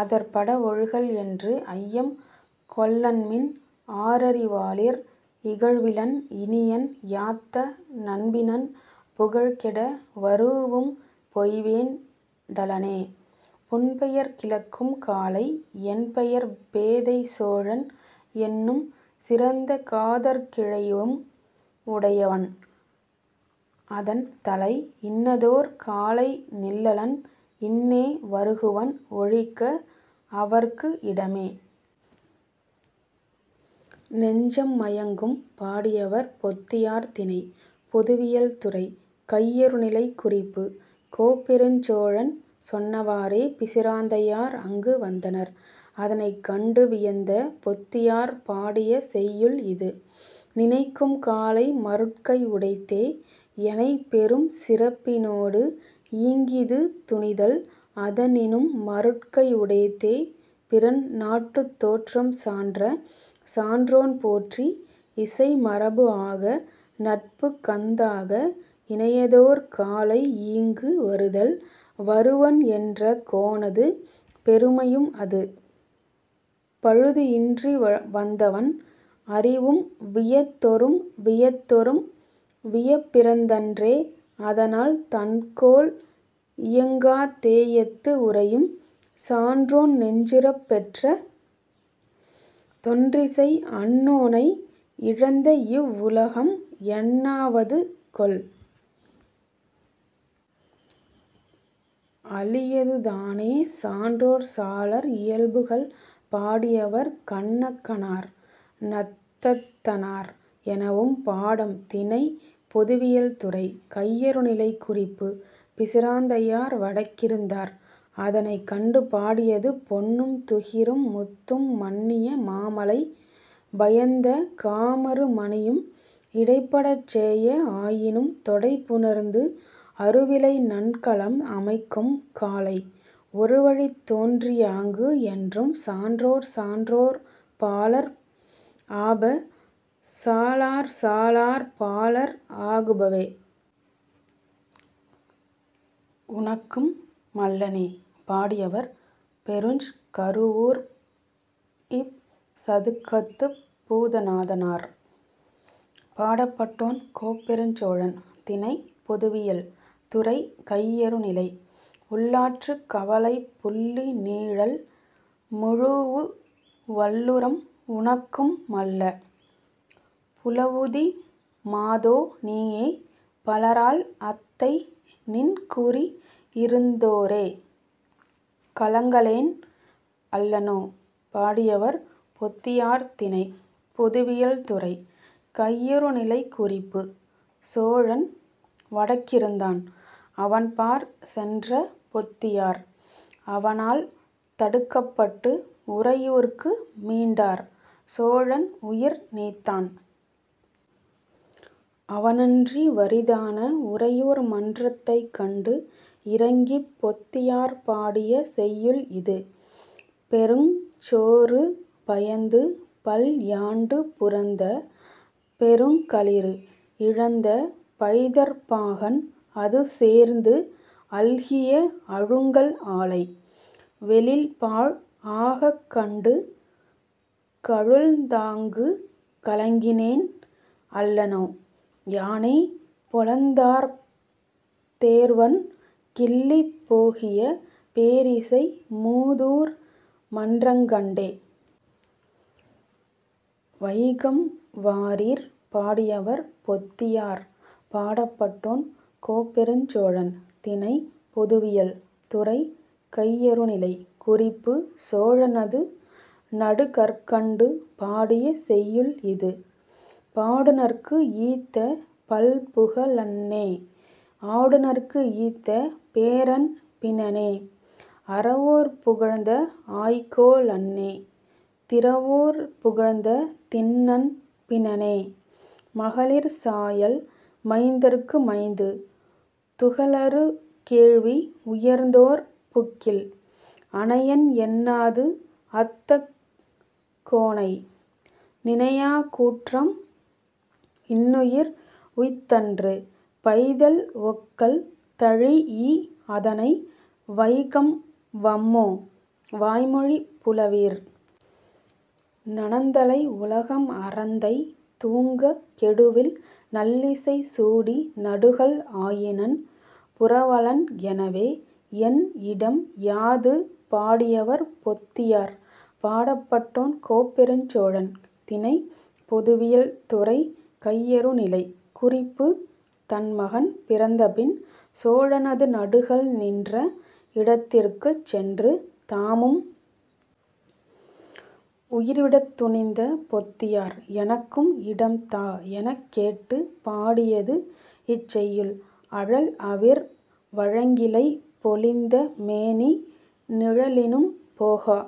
அதற்பட ஒழுகல் என்று। ஐயம் கொள்ளன்மின், ஆரறி வாளிர்! இகழ்விலன்; இனியன்; யாத்த நண்பினன்; புகழ்கெட வரூஉம் பொய்வேண் டலனே; புன்பெயர் கிளக்கும் காலை, 'என் பெயர் பேதைச் சோழன்' என்னும், சிறந்த காதற் கிழமையும் உடையவன்; அதன் தலை, இன்னதோர் காலை நில்லலன்; இன்னே வருகுவன்; ஒழிக்க, அவற்கு இடமே!. நெஞ்சம் மயங்கும்! பாடியவர்: பொத்தியார் திணை: பொதுவியல் துறை: கையறுநிலை குறிப்பு: கோப்பெருஞ் சோழன் சொன்னவாறே பிசிராந்தையார் அங்கு வந்தனர்; அதனைக் கண்டு வியந்த பொத்தியார் பாடிய செய்யுள் இது. நினைக்கும் காலை மருட்கை உடைத்தே, எனைப்பெரும் சிறப்பினோடு ஈங்கிது துணிதல்; அதனினும் மருட்கை உடைத்தே, பிறன் நாட்டுத் தோற்றம் சான்ற சான்றோன் போற்றி, இசைமரபு ஆக, நட்புக் கந்தாக, இனையதோர் காலை ஈங்கு வருதல்; 'வருவன்' என்ற கோனது பெருமையும், அது பழுது இன்றி வந்தவன் அறிவும், வியத்தொறும் வியத்தொறும் வியப்பிறந் தன்றே; அதனால், தன்கோல் இயங்காத்தேயத்து உறையும் சான்றோன் நெஞ்சுறப் பெற்ற தொன்றிசை அன்னோனை இழந்தஇவ் வுலகம் என்னா வதுகொல்? அளியது தானே!. சான்றோர்சாலார் இயல்புகள்! பாடியவர்: கண்ணகனார் நத்தத்தனார் எனவும் பாடம். திணை: பொதுவியல் துறை: கையறுநிலை குறிப்பு: பிசிராந்தையார் வடக்கிருந்தார்; அதனைக் கண்டு பாடியது. பொன்னும், துகிரும், முத்தும், மன்னிய மாமலை பயந்த காமரு மணியும், இடைபடச் சேய ஆயினும், தொடை புணர்ந்து, அருவிலை நன்கலம் அமைக்கும் காலை, ஒருவழித் தோன்றியாங்கு-என்றும் சான்றோர் சான்றோர் பாலர் ஆப; சாலார் சாலார் பாலர் ஆகுபவே.. உணக்கும் மள்ளனே! பாடியவர்: பெருஞ்கருவூர்ப்சதுக்கத்துப் பூதநாதனார். பாடப்பட்டோன்: கோப்பெருஞ் சோழன். திணை: பொதுவியல். துறை: கையறுநிலை. உள்ளாற்றுக் கவலைப் புள்ளி நீழல், முழூஉ வள்ளுரம் உணக்கும் மள்ள! புலவுதி மாதோ நீயே; பலரால் அத்தை, நின் குறிஇருந் தோரே.. கலங்கனேன் அல்லனோ! பாடியவர்: பொத்தியார் திணை: பொதுவியல் துறை: கையறுநிலை குறிப்பு: சோழன் வடக்கிருந்தான்; அவன்பாற் சென்ற பொத்தியார், அவனால் தடுக்கப்பட்டு உறையூர்க்கு மீண்டார்; சோழன் உயிர் நீத்தான். அவனன்றி வறி தான உறையூர் மன்றத்தைக் கண்டு இரங்கிப் பொத்தியார் பாடிய செய்யுள் இது. பெருங்சோறு பயந்து, பல்யாண்டு புரந்த பெருங்களிறு இழந்த பைதற் பாகன் அதுசேர்ந்து அல்கிய அழுங்கல் ஆலை, வெளில்பாழ் ஆகக் கண்டு கலுழ்ந்தாங்குக், கலங்கினேன் அல்லனோ, யானே-பொலந்தார்த் தேர்வண் கிள்ளி போகிய பேரிசை மூதூர் மன்றங் கண்டே?. வைகம் வாரீர்! பாடியவர்: பொத்தியார். பாடப்பட்டோன்: கோப்பெருஞ் சோழன். திணை: பொதுவியல். துறை: கையறுநிலை. குறிப்பு: சோழனது நடுகற்கண்டு பாடிய செய்யுள் இது. பாடுநர்க்கு ஈத்த பல்புக ழன்னே; ஆடுநர்க்கு ஈத்த பேரன் பினனே; அறவோர் புகழ்ந்த ஆய்கோ லன்னே; திறவோர் புகழ்ந்த தின்நண் பினனே; மகளிர் சாயல்; மைந்தர்க்கு மைந்து; துகளறு கேள்வி உயர்ந்தோர் புக்கில்; அனையன் என்னாது, அத்தக் கோனை, நினையாக் கூற்றம் இன்னுயிர் உய்த்த்ன்று; பைதல் ஒக்கல் தழீஇ, அதனை வைகம் வம்மோ; வாய்மொழிப் புலவீர்! 'நனந்தலை உலகம் அரந்தை தூங்கக், கெடுவில் நல்லிசை சூடி, நடுகல் ஆயினன் புரவலன்' எனவே.. என் இடம் யாது? பாடியவர்: பொத்தியார். பாடப்பட்டோன்: கோப்பெருஞ் சோழன். திணை: பொதுவியல். துறை: கையறுநிலை. குறிப்பு: தன் மகன் பிறந்தபின், சோழனது நடுகல் நின்ற இடத்திற்குச் சென்று, தாமும் உயிர்விடத் துணிந்த பொத்தியார், 'எனக்கும் இடம் தா' எனக் கேட்டுப் பாடியது இச் செய்யுள் 'அழல் அவிர் வயங்கிழைப் பொலிந்த மேனி, நிழலினும் போகா,